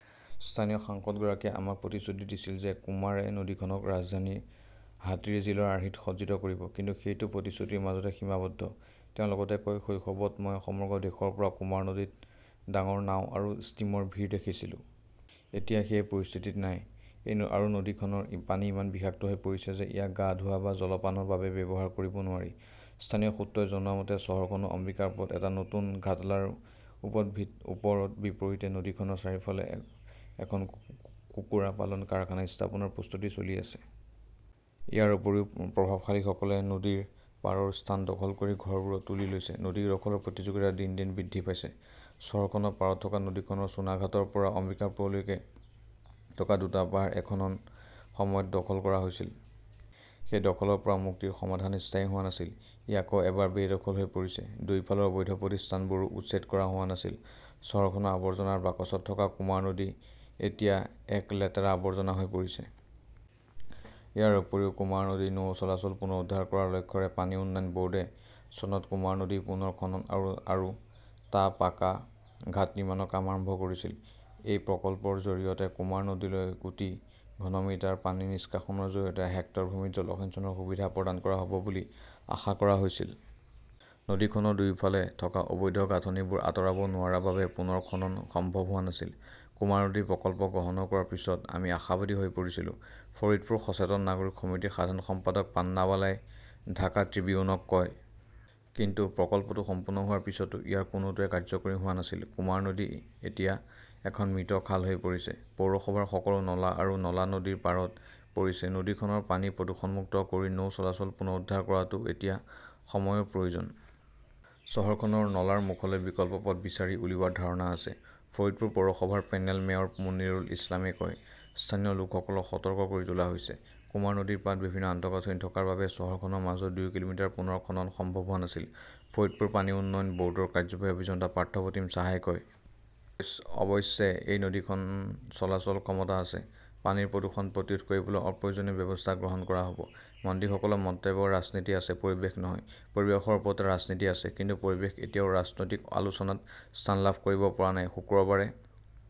"স্থানীয় সাংসদগৰাকীয়ে আমাক প্ৰতিশ্ৰুতি দিছিল যে কুমাৰে নদীখনক ৰাজধানীৰ হাতীৰঝিলৰ আৰ্হিত সজ্জিত কৰিব। কিন্তু সেইটো প্ৰতিশ্ৰুতিৰ মাজতে সীমাবদ্ধ। "তেওঁ লগতে কয়", শৈশৱত, মই সমগ্ৰ দেশৰ পৰা কুমাৰ নদীত ডাঙৰ ডাঙৰ নাও আৰু ষ্টীমৰ ভিৰ দেখিছিলোঁ। এতিয়া সেই পৰিস্থিতি নাই। আৰু নদীখনৰ পানী ইমান বিষাক্ত হৈ পৰিছে যে ইয়াক গা ধোৱা বা জলপানৰ বাবে ব্যৱহাৰ কৰিব নোৱাৰি। "স্থানীয় সূত্ৰই জনোৱা মতে, চহৰখনৰ অম্বিকাপুৰত এটা নতুন ঘাটলাৰ বিপৰীত পাৰত নদীখনৰ চাৰিওফালে এখন কুকুৰা পালন কাৰখানা স্থাপনৰ প্ৰস্তুতি চলি আছে। ইয়াৰ উপৰিও, প্ৰভাৱশালীসকলে নদীৰ পাৰৰ স্থান দখল কৰি ঘৰবোৰ তুলি লৈছে। নদী দখলৰ প্ৰতিযোগিতা দিন দিন বৃদ্ধি পাইছে। চহৰখনৰ পাৰত থকা নদীখনৰ চুনাঘাটাৰ পৰা অম্বিকাপুৰলৈকে থকা দুটা পাৰ খননৰ সময়ত দখল কৰা হৈছিল। সেই দখলৰ পৰা মুক্তিৰ সমাধান স্থায়ী হোৱা নাছিল। ই আকৌ এবাৰ বেদখল হৈ পৰিছে। দুয়োফালৰ অবৈধ প্ৰতিষ্ঠানবোৰো উচ্ছেদ কৰা হোৱা নাছিল। চহৰখনৰ আৱৰ্জনাৰ বাকচত থকা কুমাৰ নদী এতিয়া এক লেতেৰা আৱৰ্জনা হৈ পৰিছে। ইয়াৰ উপৰিও, কুমাৰ নদীৰ নৌ চলাচল পুনৰুদ্ধাৰ কৰাৰ লক্ষ্যৰে পানী উন্নয়ন বোৰ্ডে চনত কুমাৰ নদী পুনৰ খনন আৰু টা পাকা ঘাট নিৰ্মাণৰ কাম আৰম্ভ কৰিছিল। এই প্ৰকল্পৰ জৰিয়তে কুমাৰ নদীলৈ কোটি ঘন মিটাৰ পানী নিষ্কাশনৰ জৰিয়তে হেক্টৰ ভূমিত জলসিঞ্চনৰ সুবিধা প্ৰদান কৰা হ "ব বুলি আশা কৰা হৈছিল। নদীখনৰ দুয়োফালে থকা অবৈধ গাঁথনিবোৰ আঁতৰাব নোৱাৰাৰ বাবে পুনৰ খনন সম্ভৱ হোৱা নাছিল। "কুমাৰ নদী প্ৰকল্প গ্ৰহণ কৰাৰ পিছত আমি আশাবাদী হৈ পৰিছিলো", ফৰিদপুৰ সচেতন নাগৰিক সমিতিৰ সাধাৰণ সম্পাদক পান্না বালাই ঢাকা ট্ৰিবিউনক কয়। কিন্তু প্ৰকল্পটো সম্পূৰ্ণ হোৱাৰ পিছতো ইয়াৰ কোনোটোৱেই কাৰ্যকৰী হোৱা নাছিল। কুমাৰ নদী এতিয়া এখন মৃত খাল হৈ পৰিছে। পৌৰসভাৰ সকলো নলা আৰু নলা নদীৰ পাৰত পৰিছে। নদীখনৰ পানী প্ৰদূষণমুক্ত কৰি নৌ চলাচল পুনৰুদ্ধাৰ কৰাটো এতিয়া সময়ৰ প্ৰয়োজন। "চহৰখনৰ নলাৰ মুখলৈ বিকল্প পথ বিচাৰি উলিওৱাৰ ধাৰণা আছে", ফৰিদপুৰ পৌৰসভাৰ পেনেল মেয়ৰ মনিৰুল ইছলামই কয়। স্থানীয় লোকসকলক সতৰ্ক কৰি তোলা হৈছে। "কুমাৰ নদীৰ পাৰত বিভিন্ন আন্তঃগাঁথনি থকাৰ বাবে চহৰখনৰ মাজৰ দুই কিলোমিটাৰ পুনৰ খনন সম্ভৱ হোৱা নাছিল", ফৰিদপুৰ পানী উন্নয়ন ব "ৰ্ডৰ কাৰ্যবাহী অভিযন্তা পাৰ্থা প্ৰতিম সাহাই কয়। অৱশ্যে, ইয়াত নদীখনৰ চলাচলৰ ক্ষমতা আছে। পানীৰ প্ৰদূষণ প্ৰতিৰোধ কৰিবলৈ প্ৰয়োজনীয় ব্যৱস্থা গ্ৰহণ কৰা হ "ব। "। "মন্ত্ৰীসকলৰ মন্তব্যত ৰাজনীতি আছে, পৰিৱেশ নহয়! "। পৰিৱেশৰ ওপৰত ৰাজনীতি আছে। কিন্তু পৰিৱেশ এতিয়াও ৰাজনৈতিক আলোচনাত স্থান লাভ কৰিব পৰা নাই। শুকুৰবাৰে